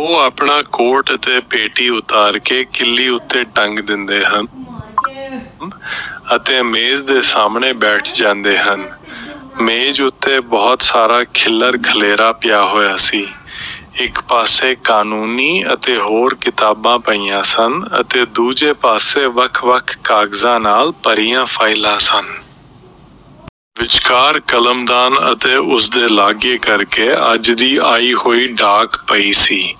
ਉਹ ਆਪਣਾ ਕੋਟ ਅਤੇ ਪੇਟੀ ਉਤਾਰ ਕੇ ਕਿੱਲੀ ਉੱਤੇ ਟੰਗ ਦਿੰਦੇ ਹਨ ਅਤੇ ਮੇਜ਼ ਦੇ ਸਾਹਮਣੇ ਬੈਠ ਜਾਂਦੇ ਹਨ। ਮੇਜ਼ ਉੱਤੇ ਬਹੁਤ ਸਾਰਾ ਖਿੱਲਰ-ਖਲੇਰਾ ਪਿਆ ਹੋਇਆ ਸੀ। ਇੱਕ ਪਾਸੇ ਕਾਨੂੰਨੀ ਅਤੇ ਹੋਰ ਕਿਤਾਬਾਂ ਪਈਆਂ ਸਨ ਅਤੇ ਦੂਜੇ ਪਾਸੇ ਵੱਖ-ਵੱਖ ਕਾਗਜ਼ਾਂ ਨਾਲ ਭਰੀਆਂ ਫ਼ਾਈਲਾਂ ਸਨ। ਵਿਚਕਾਰ ਕਲਮਦਾਨ ਅਤੇ ਉਸ ਦੇ ਲਾਗੇ ਕਰ ਕੇ ਅੱਜ ਦੀ ਆਈ ਹੋਈ ਡਾਕ ਪਈ ਸੀ,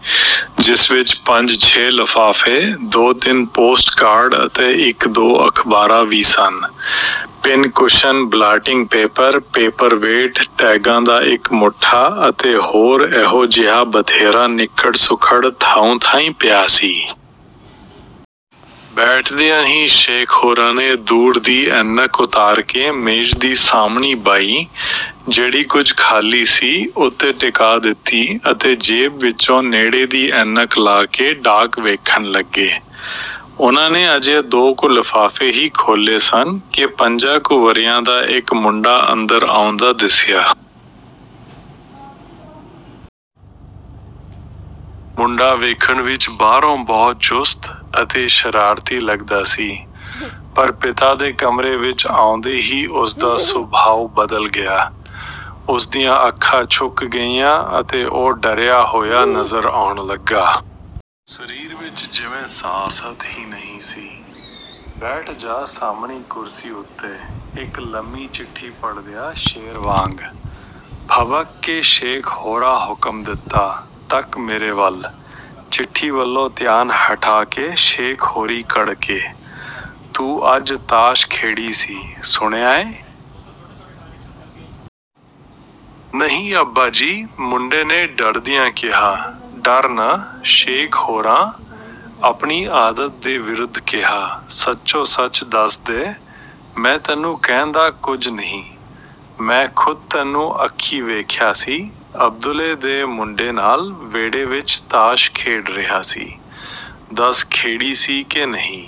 ਜਿਸ ਵਿਚ ਪੰਜ-ਛੇ ਲਫ਼ਾਫ਼ੇ, ਦੋ-ਤਿੰਨ ਪੋਸਟ ਕਾਰਡ ਅਤੇ ਇੱਕ-ਦੋ ਅਖ਼ਬਾਰਾਂ ਵੀ ਸਨ। ਪਿੰਨ-ਕੁਸ਼ਨ, ਬਲਾਟਿੰਗ ਪੇਪਰ, ਪੇਪਰ-ਵੇਟ, ਟੈਗਾਂ ਦਾ ਇੱਕ ਮੁੱਠਾ ਅਤੇ ਹੋਰ ਇਹੋ ਜਿਹਾ ਬਥੇਰਾ ਨਿੱਕੜ-ਸੁੱਕੜ ਥਾਉਂ-ਥਾਈਂ ਪਿਆ ਸੀ। ਬੈਠਦਿਆਂ ਹੀ ਸ਼ੇਖ਼ ਹੋਰਾਂ ਨੇ ਦੂਰ ਦੀ ਐਨਕ ਉਤਾਰ ਕੇ ਮੇਜ਼ ਦੀ ਸਾਹਮਣੀ ਬਾਹੀ, ਜਿਹੜੀ ਕੁਝ ਖਾਲੀ ਸੀ, ਉੱਤੇ ਟਿਕਾ ਦਿੱਤੀ ਅਤੇ ਜੇਬ ਵਿਚੋਂ ਨੇੜੇ ਦੀ ਐਨਕ ਲਾ ਕੇ ਡਾਕ ਵੇਖਣ ਲੱਗੇ। ਉਨ੍ਹਾਂ ਨੇ ਅਜੇ ਦੋ ਕੁ ਲਫ਼ਾਫ਼ੇ ਹੀ ਖੋਲ੍ਹੇ ਸਨ ਕਿ ਪੰਜਾਂ ਕੁ ਵਰ੍ਹਿਆਂ ਦਾ ਇਕ ਮੁੰਡਾ ਅੰਦਰ ਆਉਂਦਾ ਦਿੱਸਿਆ। ਮੁੰਡਾ ਵੇਖਣ ਵਿੱਚ ਬਾਹਰੋਂ ਬਹੁਤ ਚੁਸਤ ਅਤੇ ਸ਼ਰਾਰਤੀ ਲੱਗਦਾ ਸੀ, ਪਰ ਪਿਤਾ ਦੇ ਕਮਰੇ ਵਿੱਚ ਆਉਂਦੇ ਹੀ ਉਸ ਦਾ ਸੁਭਾਉ ਬਦਲ ਗਿਆ। ਉਸ ਦੀਆਂ ਅੱਖਾਂ ਝੁਕ ਗਈਆਂ ਅਤੇ ਉਹ ਡਰਿਆ ਹੋਇਆ ਨਜ਼ਰ ਆਉਣ ਲੱਗਾ। ਸਰੀਰ ਵਿੱਚ ਜਿਵੇਂ ਸਾਹ-ਸਤ ਹੀ ਨਹੀਂ ਸੀ। "ਬੈਠ ਜਾ ਸਾਹਮਣੀ ਕੁਰਸੀ ਉੱਤੇ", ਇਕ ਲੰਮੀ ਚਿੱਠੀ ਪੜ੍ਹਦਿਆਂ ਸ਼ੇਰ ਵਾਂਗ ਭਬਕ ਕੇ ਸ਼ੇਖ਼ ਹੋਰਾਂ ਹੁਕਮ ਦਿੱਤਾ। "ਤੱਕ ਮੇਰੇ ਵੱਲ", ਚਿੱਠੀ ਵੱਲੋਂ ਧਿਆਨ ਹਟਾ ਕੇ ਸ਼ੇਖ਼ ਹੋਰੀਂ ਕੜਕੇ, ਤੂੰ ਅੱਜ ਤਾਸ਼ ਖੇਡੀ ਸੀ, ਸੁਣਿਆ ਏ? " "ਨਹੀਂ ਅੱਬਾ ਜੀ", ਮੁੰਡੇ ਨੇ ਡਰਦਿਆਂ ਕਿਹਾ। "ਡਰ ਨਾ", ਸ਼ੇਖ਼ ਹੋਰਾਂ ਆਪਣੀ ਆਦਤ ਦੇ ਵਿਰੁੱਧ ਕਿਹਾ, "ਸੱਚੋ-ਸੱਚ ਦੱਸ ਦੇ, ਮੈਂ ਤੈਨੂੰ ਕਹਿੰਦਾ ਕੁਝ ਨਹੀਂ। ਮੈਂ ਖ਼ੁਦ ਤੈਨੂੰ ਅੱਖੀਂ ਵੇਖਿਆ ਸੀ, ਅਬਦੁਲੇ ਦੇ ਮੁੰਡੇ ਨਾਲ ਵਿਹੜੇ ਵਿੱਚ ਤਾਸ਼ ਖੇਡ ਰਿਹਾ ,ਸੀ ਦੱਸ ਖੇਡੀ ਸੀ ਕਿ ਨਹੀਂ?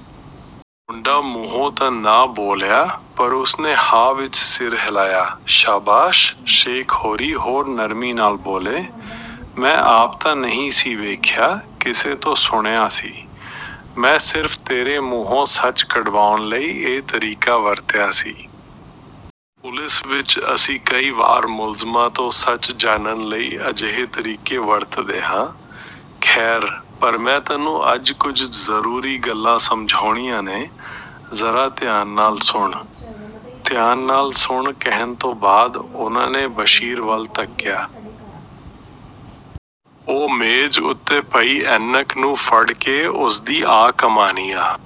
" ਮੁੰਡਾ ਮੂੰਹੋਂ ਤਾਂ ਨਾ ਬੋਲਿਆ ਪਰ ਉਸ ਨੇ "ਹਾਂ" ਵਿੱਚ ਸਿਰ ਹਿਲਾਇਆ। "ਸ਼ਾਬਾਸ਼! " ਸ਼ੇਖ਼ ਹੋਰੀਂ ਹੋਰ ਨਰਮੀ ਨਾਲ ਬੋਲੇ, "ਮੈਂ ਆਪ ਤਾਂ ਨਹੀਂ ਸੀ ਵੇਖਿਆ, ਕਿਸੇ ਤੋਂ ਸੁਣਿਆ ਸੀ। ਮੈਂ ਸਿਰਫ਼ ਤੇਰੇ ਮੂੰਹੋਂ ਸੱਚ ਕਢਵਾਉਣ ਲਈ ਇਹ ਤਰੀਕਾ ਵਰਤਿਆ ਸੀ। ਪੁਲਿਸ ਵਿੱਚ ਅਸੀਂ ਕਈ ਵਾਰ ਮੁਲਜ਼ਮਾਂ ਤੋਂ ਸੱਚ ਜਾਣਨ ਲਈ ਅਜਿਹੇ ਤਰੀਕੇ ਵਰਤਦੇ ਹਾਂ। ਖੈਰ, ਪਰ ਮੈਂ ਤੈਨੂੰ ਅੱਜ ਕੁਝ ਜ਼ਰੂਰੀ ਗੱਲਾਂ ਸਮਝਾਉਣੀਆਂ ਨੇ, ਜ਼ਰਾ ਧਿਆਨ ਨਾਲ ਸੁਣ। "ਧਿਆਨ ਨਾਲ ਸੁਣ" ਕਹਿਣ ਤੋਂ ਬਾਅਦ ਉਨ੍ਹਾਂ ਨੇ ਬਸ਼ੀਰ ਵੱਲ ਤੱਕਿਆ। ਉਹ ਮੇਜ਼ ਉੱਤੇ ਪਈ ਐਨਕ ਨੂੰ ਫੜ ਕੇ ਉਸ ਦੀਆਂ ਕਮਾਨੀਆਂ